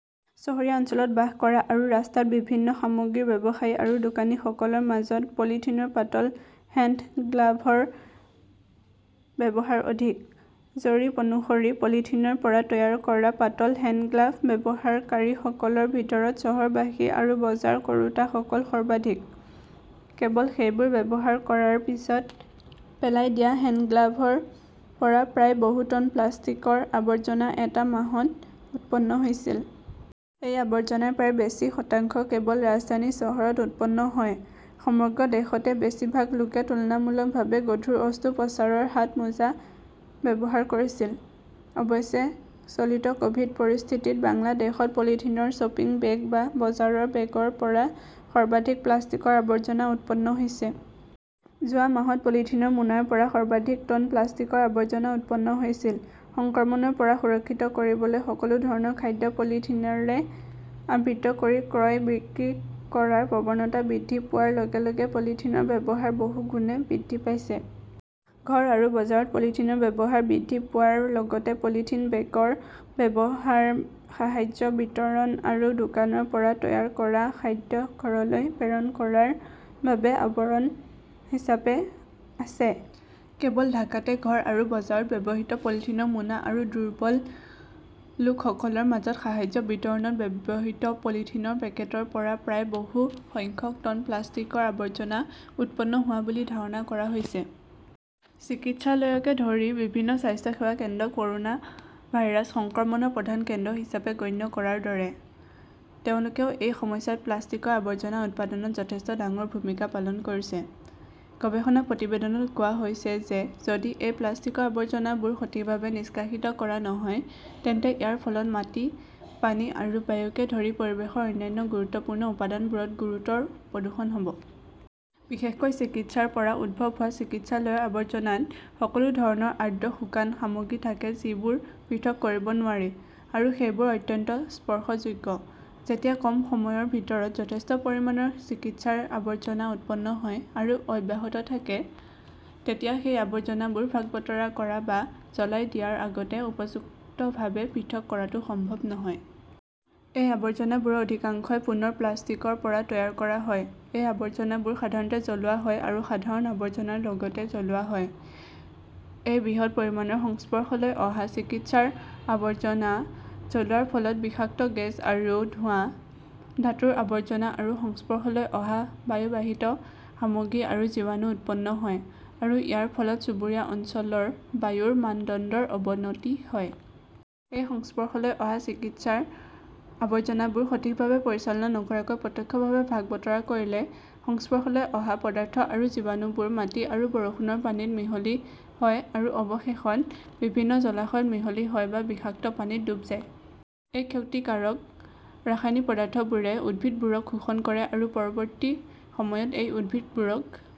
চহৰীয়া অঞ্চলত বাস কৰা আৰু ৰাস্তাত বিভিন্ন সামগ্ৰীৰ ব্যৱসায়ী আৰু দোকানীসকলৰ মাজত পলিথিনৰ পাতল হেণ্ডগ্লাভৰ ব্যৱহাৰ অধিক। জৰীপ অনুসৰি পলিথিনৰ পৰা তৈয়াৰ কৰা পাতল হেণ্ডগ্লাভ ব্যৱহাৰকাৰীসকলৰ ভিতৰত চহৰবাসী আৰু বজাৰ কৰোঁতাসকল সৰ্বাধিক। কেৱল সেইবোৰ ব্যৱহাৰ কৰাৰ পিছত পেলাই দিয়া হেণ্ডগ্লাভৰ পৰা প্ৰায় বহু টন প্লাষ্টিকৰ আৱৰ্জনা এটা মাহত উৎপন্ন হৈছিল। এই আৱৰ্জনাৰ প্ৰায় বেছি শতাংশ কেৱল ৰাজধানী চহৰত উৎপন্ন হয়। সমগ্ৰ দেশতে বেছি ভাগ লোকে তুলনামূলকভাৱে গধুৰ অস্ত্ৰোপচাৰৰ হাতমোজা ব্যৱহাৰ কৰিছিল। অৱশ্যে চলিত ক'ভিড পৰিস্থিতিত বাংলাদেশত পলিথিনৰ শ্বপিং বেগ বা বজাৰৰ বেগৰ পৰা সৰ্বাধিক প্লাষ্টিকৰ আৱৰ্জনা উৎপন্ন হৈছে। যোৱা মাহত পলিথিনৰ মোনাৰ পৰা সৰ্বাধিক টন প্লাষ্টিকৰ আৱৰ্জনা উৎপন্ন হৈছিল। সংক্ৰমণৰ পৰা সুৰক্ষিত কৰিবলৈ সকলো ধৰণৰ খাদ্য পলিথিনৰে আবৃত কৰি ক্ৰয় বিক্ৰী কৰাৰ প্ৰৱণতা বৃদ্ধি পোৱাৰ লগে লগে পলিথিনৰ ব্যৱহাৰ বহুগুণে বৃদ্ধি পাইছে। ঘৰ আৰু বজাৰত পলিথিনৰ ব্যৱহাৰ বৃদ্ধি পোৱাৰ লগতে পলিথিন বেগৰ ব্যৱহাৰ সাহায্য বিতৰণ আৰু দোকানৰ পৰা তৈয়াৰ কৰা খাদ্য ঘৰলৈ প্ৰেৰণ কৰাৰ বাবে আৱৰণ হিচাপে আছে। কেৱল ঢাকাতে ঘৰ আৰু বজাৰত ব্যৱহৃত পলিথিনৰ মোনা আৰু দুৰ্বল লোকসকলৰ মাজত সাহায্য বিতৰণত ব্যৱহৃত পলিথিনৰ পেকেটৰ পৰা প্ৰায় বহু সংখ্যক টন প্লাষ্টিকৰ আৱৰ্জনা উৎপন্ন হোৱা বুলি ধাৰণা কৰা হৈছে। চিকিৎসালয়কে ধৰি বিভিন্ন স্বাস্থ্যসেৱা কেন্দ্ৰক ক'ৰোনা ভাইৰাছ সংক্ৰমণৰ প্ৰধান কেন্দ্ৰ হিচাপে গণ্য কৰাৰ দৰে। তেওঁলোকেও এই সময়ছোৱাত প্লাষ্টিকৰ আৱৰ্জনা উৎপাদনত যথেষ্ট ডাঙৰ ভূমিকা পালন কৰিছে। গৱেষণা প্ৰতিবেদনত কোৱা হৈছে যে যদি এই প্লাষ্টিকৰ আৱৰ্জনাবোৰ সঠিকভাৱে নিষ্কাশিত কৰা নহয়, তেন্তে ইয়াৰ ফলত মাটি, পানী আৰু বায়ুকে ধৰি পৰিৱেশৰ অন্যান্য গুৰুত্বপূৰ্ণ উপাদানবোৰত গুৰুতৰ প্ৰদূষণ হ'ব। বিশেষকৈ চিকিৎসাৰ পৰা উদ্ভৱ হোৱা চিকিৎসালয়ৰ আৱৰ্জনাত সকলো ধৰণৰ আৰ্দ্ৰ শুকান সামগ্ৰী থাকে যিবোৰ পৃথক কৰিব নোৱাৰি, আৰু সেইবোৰ অত্যন্ত স্পৰ্শযোগ্য। যেতিয়া কম সময়ৰ ভিতৰত যথেষ্ট পৰিমাণৰ চিকিৎসাৰ আৱৰ্জনা উৎপন্ন হয় আৰু অব্যাহত থাকে, তেতিয়া সেই আৱৰ্জনাবোৰ ভাগ-বতৰা কৰা বা জ্বলাই দিয়াৰ আগতে উপযুক্তভাৱে পৃথক কৰাটো সম্ভৱ নহয়। এই আৱৰ্জনাবোৰৰ অধিকাংশই পুনৰ প্লাষ্টিকৰ পৰা তৈয়াৰ কৰা হয়। এই আৱৰ্জনাবোৰ সাধাৰণতে জ্বলোৱা হয় আৰু সাধাৰণ আৱৰ্জনাৰ লগতে জ্বলোৱা হয়। এই বৃহৎ পৰিমাণৰ সংস্পৰ্শলৈ অহা চিকিৎসাৰ আৱৰ্জনা জ্বলোৱাৰ ফলত বিষাক্ত গেছ আৰু ধোঁৱা, ধাতুৰ আৱৰ্জনা আৰু সংস্পৰ্শলৈ অহা বায়ুবাহিত সামগ্ৰী আৰু জীৱাণু উৎপন্ন হয়, আৰু ইয়াৰ ফলত চুবুৰীয়া অঞ্চলৰ বায়ুৰ মানদণ্ডৰ অৱনতি হয়। এই সংস্পৰ্শলৈ অহা চিকিৎসাৰ আৱৰ্জনাবোৰ সঠিকভাৱে পৰিচালনা নকৰাকৈ প্ৰত্যক্ষভাৱে ভাগ-বতৰা কৰিলে, সংস্পৰ্শলৈ অহা পদাৰ্থ আৰু জীৱাণুবোৰ মাটি আৰু বৰষুণৰ পানীত মিহলি হয় আৰু অৱশেষত বিভিন্ন জলাশয়ত মিহলি হয় বা বিষাক্ত পানীত ডুব যায়। এই ক্ষতিকাৰক ৰাসায়নিক পদাৰ্থবোৰে উদ্ভিদবোৰক শোষণ কৰে আৰু পৰৱৰ্তী সময়ত এই উদ্ভিদবোৰক